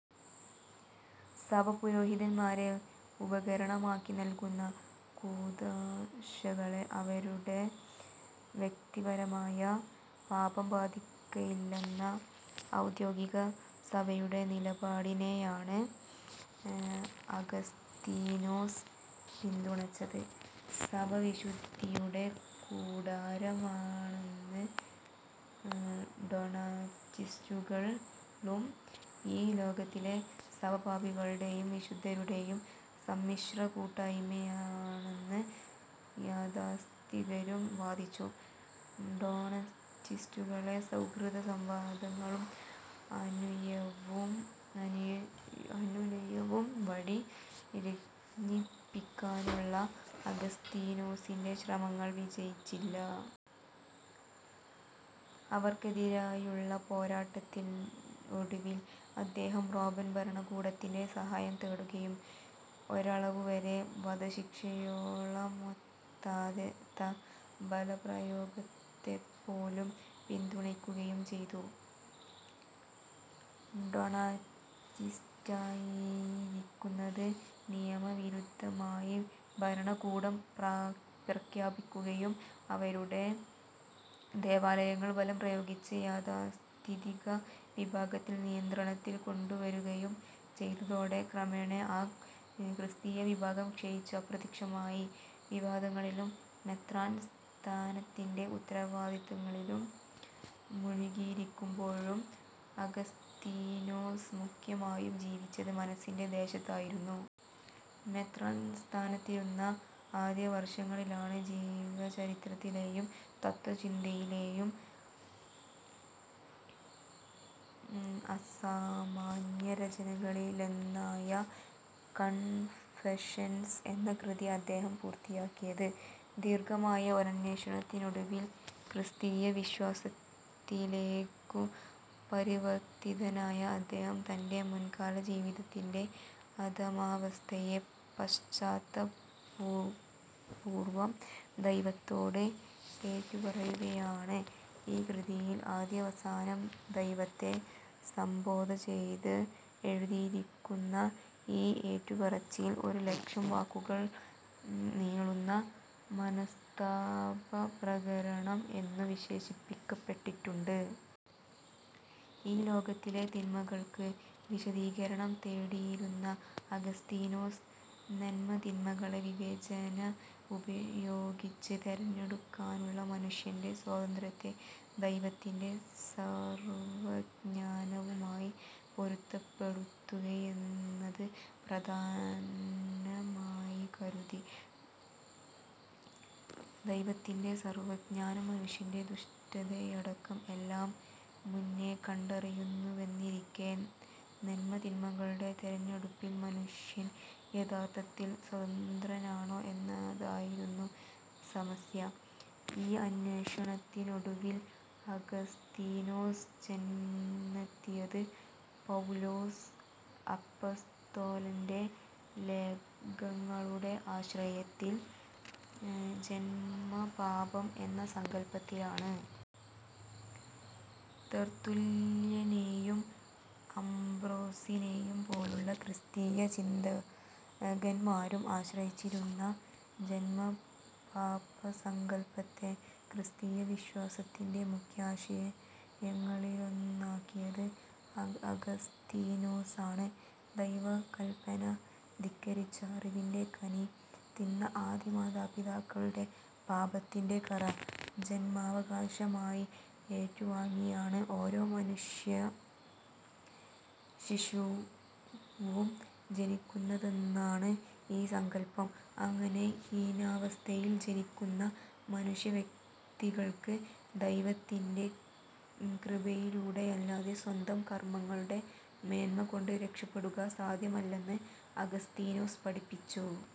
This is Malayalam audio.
സഭ, പുരോഹിതന്മാരെ ഉപകരണമാക്കി നൽകുന്ന കൂദാശകളെ അവരുടെ വ്യക്തിപരമായ പാപം ബാധിക്കയില്ലെന്ന ഔദ്യോഗികസഭയുടെ നിലപാടിനെയാണ് അഗസ്തീനോസ് പിന്തുണച്ചത്. സഭ വിശുദ്ധിയുടെ കൂടാരമാണെന്ന് ഡൊണാറ്റിസ്റ്റുകളും, ഈ ലോകത്തിലെ സഭ പാപികളുടേയും വിശുദ്ധരുടേയും സമ്മിശ്ര കൂട്ടായ്മയാണെന്ന് യാഥാസ്ഥിതികരും വാദിച്ചു. ഡോണറ്റിസ്റ്റുകളെ സൗഹൃദസംവാദങ്ങളും അനുനയവും വഴി രഞ്ജിപ്പിക്കാനുള്ള അഗസ്തീനോസിന്റെ ശ്രമങ്ങൾ വിജയിച്ചില്ല. അവർക്കെതിരായുള്ള പോരാട്ടത്തിൽ ഒടുവിൽ അദ്ദേഹം റോമൻ ഭരണകൂടത്തിന്റെ സഹായം തേടുകയും, ഒരളവുവരെ വധശിക്ഷയോളമെത്താത്ത ബലപ്രയോഗത്തെപ്പോലും പിന്തുണയ്ക്കുകയും ചെയ്തു. ഡൊണാറ്റിസ്റ്റായിരിക്കുന്നത് നിയമവിരുദ്ധമായി ഭരണകൂടം പ്രഖ്യാപിക്കുകയും അവരുടെ ദേവാലയങ്ങൾ ബലം പ്രയോഗിച്ച് യാഥാസ്ഥിതിക വിഭാഗത്തിന്റെ നിയന്ത്രണത്തിൽ കൊണ്ടുവരുകയും ചെയ്തതോടെ ക്രമേണ ആ ക്രിസ്തീയ വിഭാഗം ക്ഷയിച്ച് അപ്രത്യക്ഷമായി. വിവാദങ്ങളിലും മെത്രാൻ സ്ഥാനത്തിന്റെ ഉത്തരവാദിത്തങ്ങളിലും മുഴുകിയിരിക്കുമ്പോഴും അഗസ്തീനോസ് മുഖ്യമായും ജീവിച്ചത് "മനസ്സിന്റെ ദേശത്ത്" ആയിരുന്നു. മെത്രാൻ സ്ഥാനത്തിരുന്ന ആദ്യവർഷങ്ങളിലാണ് ജീവചരിത്രത്തിലേയും തത്ത്വചിന്തയിലേയും അസാമാന്യരചനകളിലൊന്നായ കൺഫഷൻസ് എന്ന കൃതി അദ്ദേഹം പൂർത്തിയാക്കിയത്. ദീർഘമായ ഒരന്വേഷണത്തിനൊടുവിൽ ക്രിസ്തീയ വിശ്വാസത്തിലേയ്ക്കു പരിവർത്തിതനായ അദ്ദേഹം തന്റെ മുൻകാലജീവിതത്തിന്റെ "അധമാവസ്ഥയെ" പശ്ചാത്താപപൂർവം ദൈവത്തോട് ഏറ്റുപറയുകയാണ് ഈ കൃതിയിൽ. ആദ്യവസാനം ദൈവത്തെ സംബോധന ചെയ്ത് എഴുതിരിക്കുന്ന ഈ ഏറ്റുപറച്ചിൽ, ഒരു ലക്ഷം വാക്കുകൾ നീളുന്ന "മനസ്താപപ്രകരണം" എന്നു വിശേഷിപ്പിക്കപ്പെട്ടിട്ടുണ്ട്. ഈ ലോകത്തിലെ തിന്മകൾക്ക് വിശദീകരണം തേടിയിരുന്ന അഗസ്തീനോസ്, നന്മതിന്മകളെ വിവേചന ഉപയോഗിച്ച് തെരഞ്ഞെടുക്കാനുള്ള മനുഷ്യന്റെ സ്വാതന്ത്ര്യത്തെ ദൈവത്തിന്റെ സർവജ്ഞാനവുമായി പൊരുത്തപ്പെടുത്തുകയെന്നത് പ്രധാനമായി കരുതി. ദൈവത്തിന്റെ സർവജ്ഞാനം മനുഷ്യന്റെ ദുഷ്ടതയടക്കം എല്ലാം മുന്നേ കണ്ടറിയുന്നുവെന്നിരിക്കേ, നന്മ-തിന്മകളുടെ തെരഞ്ഞെടുപ്പിൽ മനുഷ്യൻ യഥാർത്ഥത്തിൽ സ്വതന്ത്രനാണോ എന്നതായിരുന്നു സമസ്യ. ഈ അന്വേഷണത്തിനൊടുവിൽ അഗസ്തീനോസ് ചെന്നെത്തിയത്, പൗലോസ് അപ്പസ്തോലന്റെ ലേഖങ്ങളുടെ ആശ്രയത്തിൽ, ജന്മപാപം എന്ന സങ്കല്പത്തിലാണ്. തെർത്തുല്യനേയും അംബ്രോസിനേയും പോലുള്ള ക്രിസ്തീയ ചിന്തകന്മാരും ആശ്രയിച്ചിരുന്ന ജന്മപാപസങ്കല്പത്തെ ക്രിസ്തീയ വിശ്വാസത്തിന്റെ മുഖ്യ ആശയങ്ങളിലൊന്നാക്കിയത് അഗസ്തീനോസാണ്. ദൈവകല്പന ധിക്കരിച്ച് അറിവിന്റെ കനി തിന്ന ആദിമാതാപിതാക്കളുടെ പാപത്തിന്റെ കറ ജന്മാവകാശമായി ഏറ്റുവാങ്ങിയാണ് ഓരോ മനുഷ്യശിശുവും ജനിക്കുന്നതെന്നാണ് ഈ സങ്കല്പം. അങ്ങനെ ഹീനാവസ്ഥയിൽ ജനിക്കുന്ന മനുഷ്യവ്യക്തികൾക്ക് ദൈവത്തിന്റെ കൃപയിലൂടെയല്ലാതെ സ്വന്തം കർമ്മങ്ങളുടെ മേന്മകൊണ്ട് രക്ഷപെടുക സാധ്യമല്ലെന്ന് അഗസ്തീനോസ് പഠിപ്പിച്ചു.